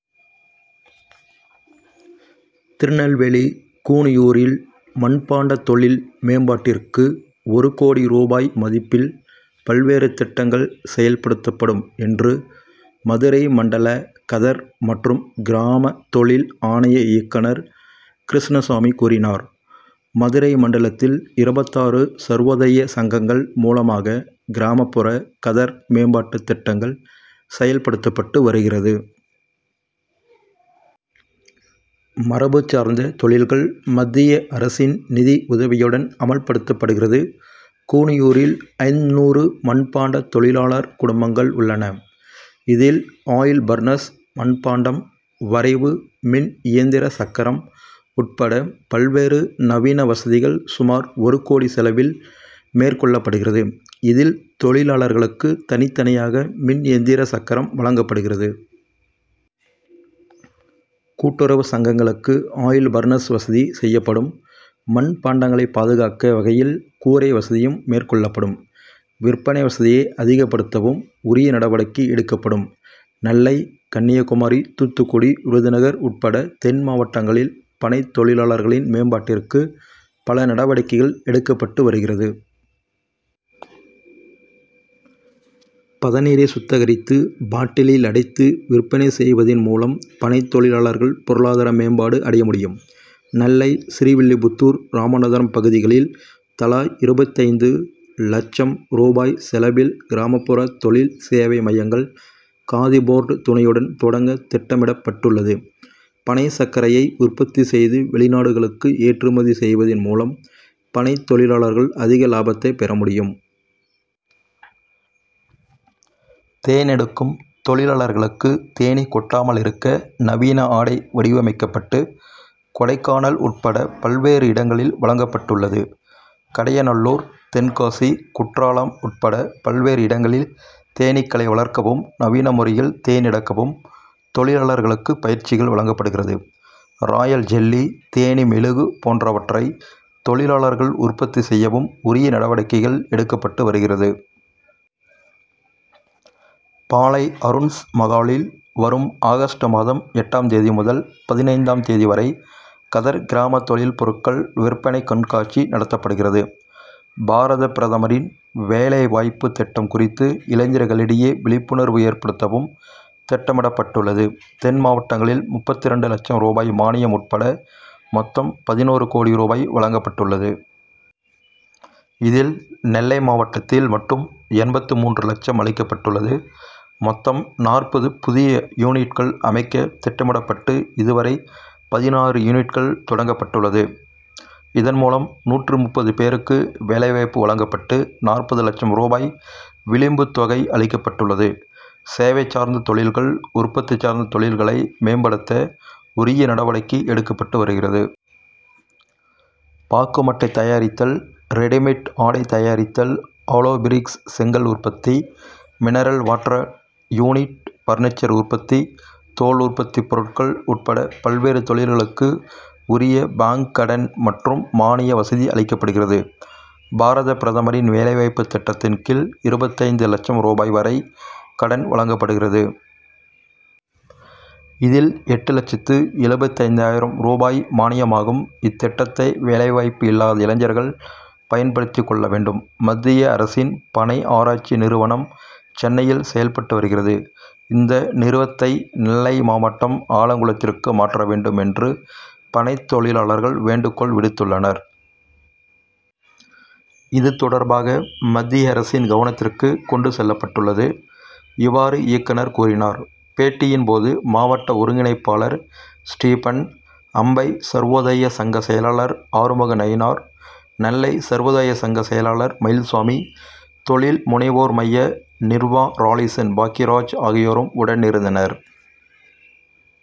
திருநெல்வேலி கூனியூரில் மண்பாண்ட தொழில் மேம்பாட்டிற்கு ஒரு கோடி ரூபாய் மதிப்பில் பல்வேறு திட்டங்கள் செயல்படுத்தப்படும் என்று மதுரை மண்டல கதர் மற்றும் கிராம தொழில் ஆணைய இயக்குனர் கிருஷ்ணசாமி கூறினார். மதுரை மண்டலத்தில் இருபத்தாறு சர்வோதய சங்கங்கள் மூலமாக கிராமப்புற கதர் மேம்பாட்டு திட்டங்கள் செயல்படுத்தப்பட்டு வருகிறது. மரபு சார்ந்த தொழில்கள் மத்திய அரசின் நிதி உதவியுடன் அமல்படுத்தப்படுகிறது. கூனியூரில் ஐந்நூறு மண்பாண்ட தொழிலாளர் குடும்பங்கள் உள்ளன. இதில் ஆயில் பர்னஸ், மண்பாண்டம் வரைவு மின் இயந்திர சக்கரம் உட்பட பல்வேறு நவீன வசதிகள் சுமார் ஒரு கோடி செலவில் மேற்கொள்ளப்படுகிறது. இதில் தொழிலாளர்களுக்கு தனித்தனியாக மின் எந்திர சக்கரம் வழங்கப்படுகிறது. கூட்டுறவு சங்கங்களுக்கு ஆயில் பர்னஸ் வசதி செய்யப்படும். மண் பாண்டங்களை பாதுகாக்க வகையில் கூரை வசதியும் மேற்கொள்ளப்படும். விற்பனை வசதியை அதிகப்படுத்தவும் உரிய நடவடிக்கை எடுக்கப்படும். நெல்லை, கன்னியாகுமரி, தூத்துக்குடி, விருதுநகர் உட்பட தென் மாவட்டங்களில் பனைத் தொழிலாளர்களின் மேம்பாட்டிற்கு பல நடவடிக்கைகள் எடுக்கப்பட்டு வருகிறது. பதனீரை சுத்திகரித்து பாட்டிலில் அடைத்து விற்பனை செய்வதின் மூலம் பனைத் தொழிலாளர்கள் பொருளாதார மேம்பாடு அடைய முடியும். நெல்லை, ஸ்ரீவில்லிபுத்தூர், ராமநாதபுரம் பகுதிகளில் தலா இருபத்தைந்து லட்சம் ரூபாய் செலவில் கிராமப்புற தொழில் சேவை மைங்கள் காதி போர்டு துணையுடன் தொடங்க திட்டமிடப்பட்டுள்ளது. பனை சர்க்கரையை உற்பத்தி செய்து வெளிநாடுகளுக்கு ஏற்றுமதி செய்வதின் மூலம் பனைத் தொழிலாளர்கள் அதிக லாபத்தை பெற முடியும். தேன் எடுக்கும் தொழிலாளர்களுக்கு தேனீ கொட்டாமல் இருக்க நவீன ஆடை வடிவமைக்கப்பட்டு கொடைக்கானல் உட்பட பல்வேறு இடங்களில் வழங்கப்பட்டுள்ளது. கடையநல்லூர், தென்காசி, குற்றாலம் உட்பட பல்வேறு இடங்களில் தேனீக்களை வளர்க்கவும், நவீன முறையில் தேன் எடுக்கவும் தொழிலாளர்களுக்கு பயிற்சிகள் வழங்கப்படுகிறது. ராயல் ஜெல்லி, தேனீ மெழுகு போன்றவற்றை தொழிலாளர்கள் உற்பத்தி செய்யவும் உரிய நடவடிக்கைகள் எடுக்கப்பட்டு வருகிறது. பாளை அருண்ஸ் மகாலில் வரும் ஆகஸ்ட் மாதம் எட்டாம் தேதி முதல் பதினைந்தாம் தேதி வரை கதர் கிராம தொழில் பொருட்கள் விற்பனை கண்காட்சி நடத்தப்படுகிறது. பாரத பிரதமரின் வேலைவாய்ப்பு திட்டம் குறித்து இளைஞர்களிடையே விழிப்புணர்வு ஏற்படுத்தவும் திட்டமிடப்பட்டுள்ளது. தென் மாவட்டங்களில் முப்பத்திரண்டு லட்சம் ரூபாய் மானியம் உட்பட மொத்தம் பதினொரு கோடி ரூபாய் வழங்கப்பட்டுள்ளது. இதில் நெல்லை மாவட்டத்தில் மட்டும் எண்பத்து மூன்று லட்சம் அளிக்கப்பட்டுள்ளது. மொத்தம் நாற்பது புதிய யூனிட்கள் அமைக்க திட்டமிடப்பட்டு இதுவரை பதினாறு யூனிட்கள் தொடங்கப்பட்டுள்ளது. இதன் மூலம் நூற்று முப்பது பேருக்கு வேலைவாய்ப்பு வழங்கப்பட்டு நாற்பது லட்சம் ரூபாய் விளிம்பு தொகை அளிக்கப்பட்டுள்ளது. சேவை சார்ந்த தொழில்கள், உற்பத்தி சார்ந்த தொழில்களை மேம்படுத்த உரிய நடவடிக்கை எடுக்கப்பட்டு வருகிறது. பாக்கு மட்டை தயாரித்தல், ரெடிமேட் ஆடை தயாரித்தல், ஹாலோ பிரிக்ஸ் செங்கல் உற்பத்தி, மினரல் வாட்டர் யூனிட், பர்னிச்சர் உற்பத்தி, தோல் உற்பத்தி பொருட்கள் உட்பட பல்வேறு தொழில்களுக்கு உரிய பாங்க் கடன் மற்றும் மானிய வசதி அளிக்கப்படுகிறது. பாரத பிரதமரின் வேலைவாய்ப்பு திட்டத்தின் கீழ் இருபத்தைந்து லட்சம் ரூபாய் வரை கடன் வழங்கப்படுகிறது. இதில் எட்டு லட்சத்து எழுபத்தைந்தாயிரம் ரூபாய் மானியமாகும். இத்திட்டத்தை வேலைவாய்ப்பு இல்லாத இளைஞர்கள் பயன்படுத்தி கொள்ள வேண்டும். மத்திய அரசின் பனை ஆராய்ச்சி நிறுவனம் சென்னையில் செயல்பட்டு வருகிறது. இந்த நிறுவத்தை நெல்லை மாவட்டம் ஆலங்குளத்திற்கு மாற்ற வேண்டும் என்று பனைத் தொழிலாளர்கள் வேண்டுகோள் விடுத்துள்ளனர். இதுதொடர்பாக மத்திய அரசின் கவனத்திற்கு கொண்டு செல்லப்பட்டுள்ளது. இவ்வாறு இயக்குனர் கூறினார். பேட்டியின் போது மாவட்ட ஒருங்கிணைப்பாளர் ஸ்டீபன், அம்பை சர்வோதய சங்க செயலாளர் ஆறுமுக நயினார். நெல்லை சர்வோதய சங்க செயலாளர் மயில்சாமி, தொழில் முனைவோர் மைய நிர்வா ராலிசன் பாக்கியராஜ் ஆகியோரும் உடனிருந்தனர்.